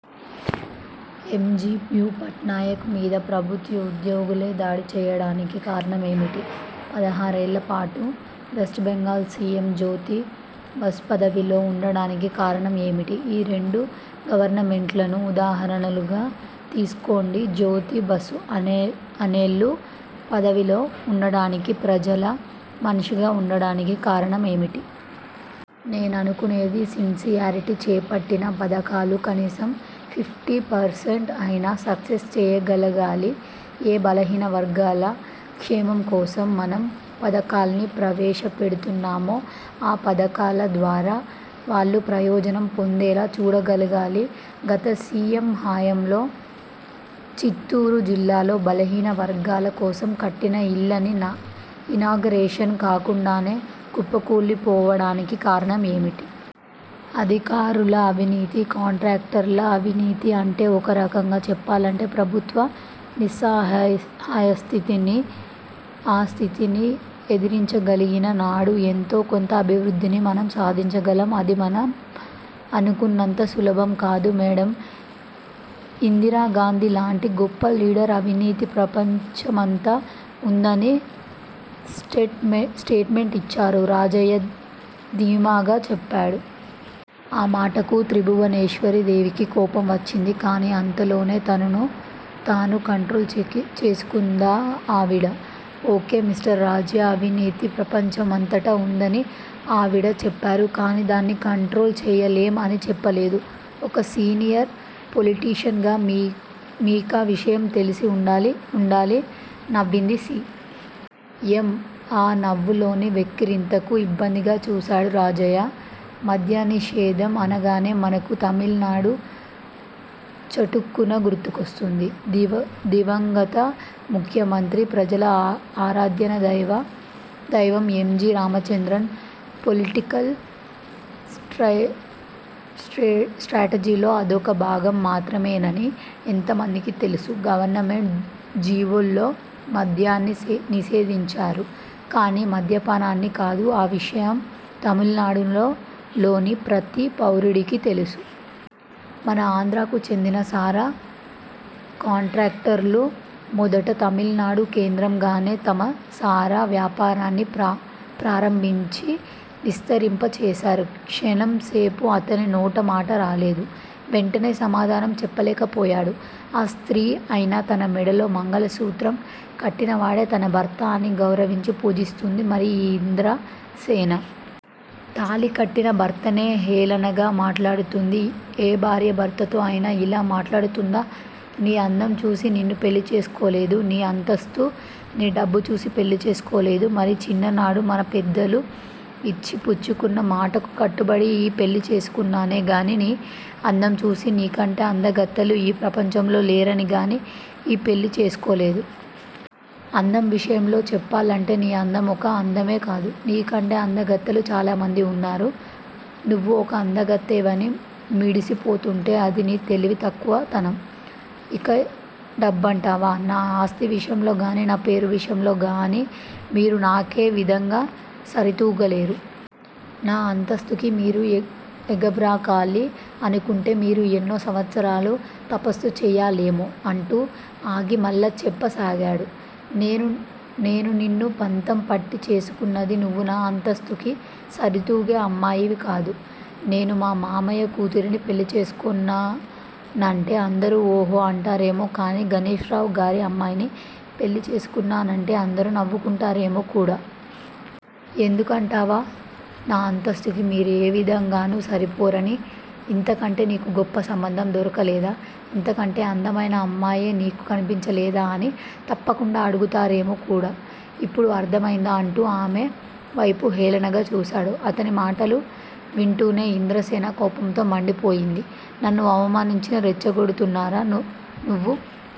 ఎం. G బూ పట్నాయక్ మీద ప్రభుత్వోద్యోగులే దాడి చెయ్యడానికి కారణం ఏమిటి? పదహారేళ్ళ పాటు west Bengal C M Jyoti Basu పదవిలో ఉండడానికి కారణం ఏమిటి? ఈ రెండు గవర్నమెంట్లనూ, ఉదాహరణలుగా తీసుకోండి జ్యోతి బసు అన్నేళ్ళు పదవిలో ఉండడానికి, ప్రజల మనిషిగా ఉండడానికి కారణం ఏమిటి? నేననుకునేది సిన్సియార్టీ చేపట్టిన పధకాలు కనీసం ఫిఫ్టీ పర్సెంట్ అయినా సక్సస్ చెయ్యగలగాలి ఏ బలహీన వర్గాల క్షేమం కోసం, మనం పధకాల్ని ప్రవేశపెడుతున్నామో ఆ పధకాల ద్వారా వాళ్ళు ప్రయోజనం పొందేలా చూడగలగాలి గత సి. ఎమ్. హయాంలో చిత్తూరు జిల్లాలో బలహీన వర్గాల కోసం కట్టిన ఇళ్ళన్నీ, ఇనాగరేషన్ కాకుండానే కుప్పకూలిపోవడానికి కారణం ఏమిటి? అధికారుల అవినీతి- కంట్రాక్టర్ల అవినీతి అంటే ఒక రకంగా చెప్పాలంటే ప్రభుత్వ నిస్సహాయస్థితి ఆ స్థితిని ఎదిరించగలిగిన నాడు ఎంతో కొంత అభివృద్దిని మనం సాధించగలం అది మనం అనుకున్నంత సులభం కాదు మేడమ్ ఇందిరాగాంధీ లాంటి గొప్ప లీడర్ అవినీతి ప్రపంచమంతా ఉందని స్టేట్ మెంటు ఇచ్చారు రాజయ్య ధీమాగా చెప్పాడు. ఆ మాటకు త్రిభువనేశ్వరీ దేవికి కోపం వచ్చింది. కానీ అంతలోనే తనను తాను కంట్రోల్ చేసుకుందావిడ. ఒ. కే మిస్టర్ రాజ్యా అవినీతి ప్రపంచమంతటా ఉందని ఆవిడ చెప్పారు కానీ దాన్ని కంట్రోల్ చెయ్యలేం అని చెప్పలేదు. ఒక సీనియర్ పొలిటీషియన్ గా మీకా విషయం తెలిసీ ఉండాలి నవ్వింది సి. ఎమ్. ఆ నవ్వులోని వెక్కిరింతకు ఇబ్బందిగా చూసాడు రాజయ్య. మద్యనిషేధం అనగానే మనకు తమిళనాడు చటుక్కున గుర్తుకొస్తుంది. దివంగత ముఖ్యమంత్రి, ప్రజల ఆరాధ్యదైవం ఎంజి రామచంద్రన్ పొలిటికల్ స్ట్రేటజీలో అదొక భాగం మాత్రమేనని ఎంతమందికి తెలుసు గవర్నమెంట్ జీవోల్లో మద్యాన్ని నిషేధించారు. కానీ మద్యపానాన్ని కాదు ఆ విషయం తమిళనాడులోని ప్రతి పౌరుడికీ తెలుసు. మన ఆంధ్రాకు చెందిన సారా కాంట్రాక్టర్లు మొదట తమిళనాడు కేంద్రంగానే తమ సారా వ్యాపారాన్ని ప్రారంభించి విస్తరింప చేశారు. క్షణంసేపు అతని నోటమాట రాలేదు. వెంటనే సమాధానం చెప్పలేకపోయాడు. ఆ స్త్రీ అయినా తన మెడలో మంగళసూత్రం కట్టినవాడే తన భర్త అని గౌరవించి పూజిస్తుంది మరి ఈ ఇంద్ర సేన! తాళికట్టిన భర్తనే హేళనగా మాట్లాడుతుంది. ఏ భార్య భర్తతో అయినా ఇలా మాట్లాడుతుందా? నీ అందం చూసి నిన్ను పెళ్ళి చేసుకోలేదు. నీ అంతస్తు, నీ డబ్బు చూసి పెళ్ళి చేసుకోలేదు. మరి! చిన్ననాడు మన పెద్దలు ఇచ్చి పుచ్చుకున్న మాటకు కట్టుబడి ఈ పెళ్ళి చేసుకున్నానే గాని నీ అందంచూసి నీకంటే అందగత్తెలు ఈ ప్రపంచంలో లేరని గాని ఈ పెళ్ళి చేసుకోలేదు. అందం విషయంలో చెప్పాలంటే నీ అందం ఒక అందమే కాదు. నీకంటే అందగత్తెలు చాలామంది ఉన్నారు. నువ్వు ఒక అందగత్తెవని మిడిసి పోతుంటే అది నీ తెలివి తక్కువ తనం. ఇక డబ్బంటావా! నా ఆస్తి విషయంలో గాని నా పేరు విషయంలో గాని మీరు నాకే విధంగా సరితూగలేరు. నా అంతస్తుకి మీరు ఎగబ్రాకాలి అనుకుంటే మీరు ఎన్నో సంవత్సరాలు తపస్సు చెయ్యాలేమో! అంటూ ఆగి మళ్ళీ చెప్ప సాగాడు. నేను నిన్ను పంతం పట్టి చేసుకున్నది నువ్వు నా అంతస్తుకి సరితూగే అమ్మాయివికాదు. నేను మా మామయ్య కూతురిని పెళ్ళి చేసుకున్నానంటే అందరూ ఓహో అంటారేమో కాని గణేశ్ రావు గారి అమ్మాయిని పెళ్ళి చేసుకున్నానంటే అందరూ నవ్వుకుంటారేమో కూడా. ఎందుకు అంటావా? నా అంతస్తుకి మీరు ఏ విధంగాను సరిపోరని ఇంతకంటే నీకు గొప్ప సంబంధం దొరకలేదా! ఇంతకంటే అందమైన అమ్మాయే నీకు కనిపించలేదా అని తప్పకుండా అడుగుతారేమో కూడా, ఇప్పుడు అర్ధమైందా అంటూ ఆమె వైపు హేళనగా చూశాడు. అతని మాటలు వింటూనే ఇంద్ర సేన కోపంతో మండి పోయింది. నన్ను అవమానించి రెచ్చగొడుతున్నారా! నువ్వు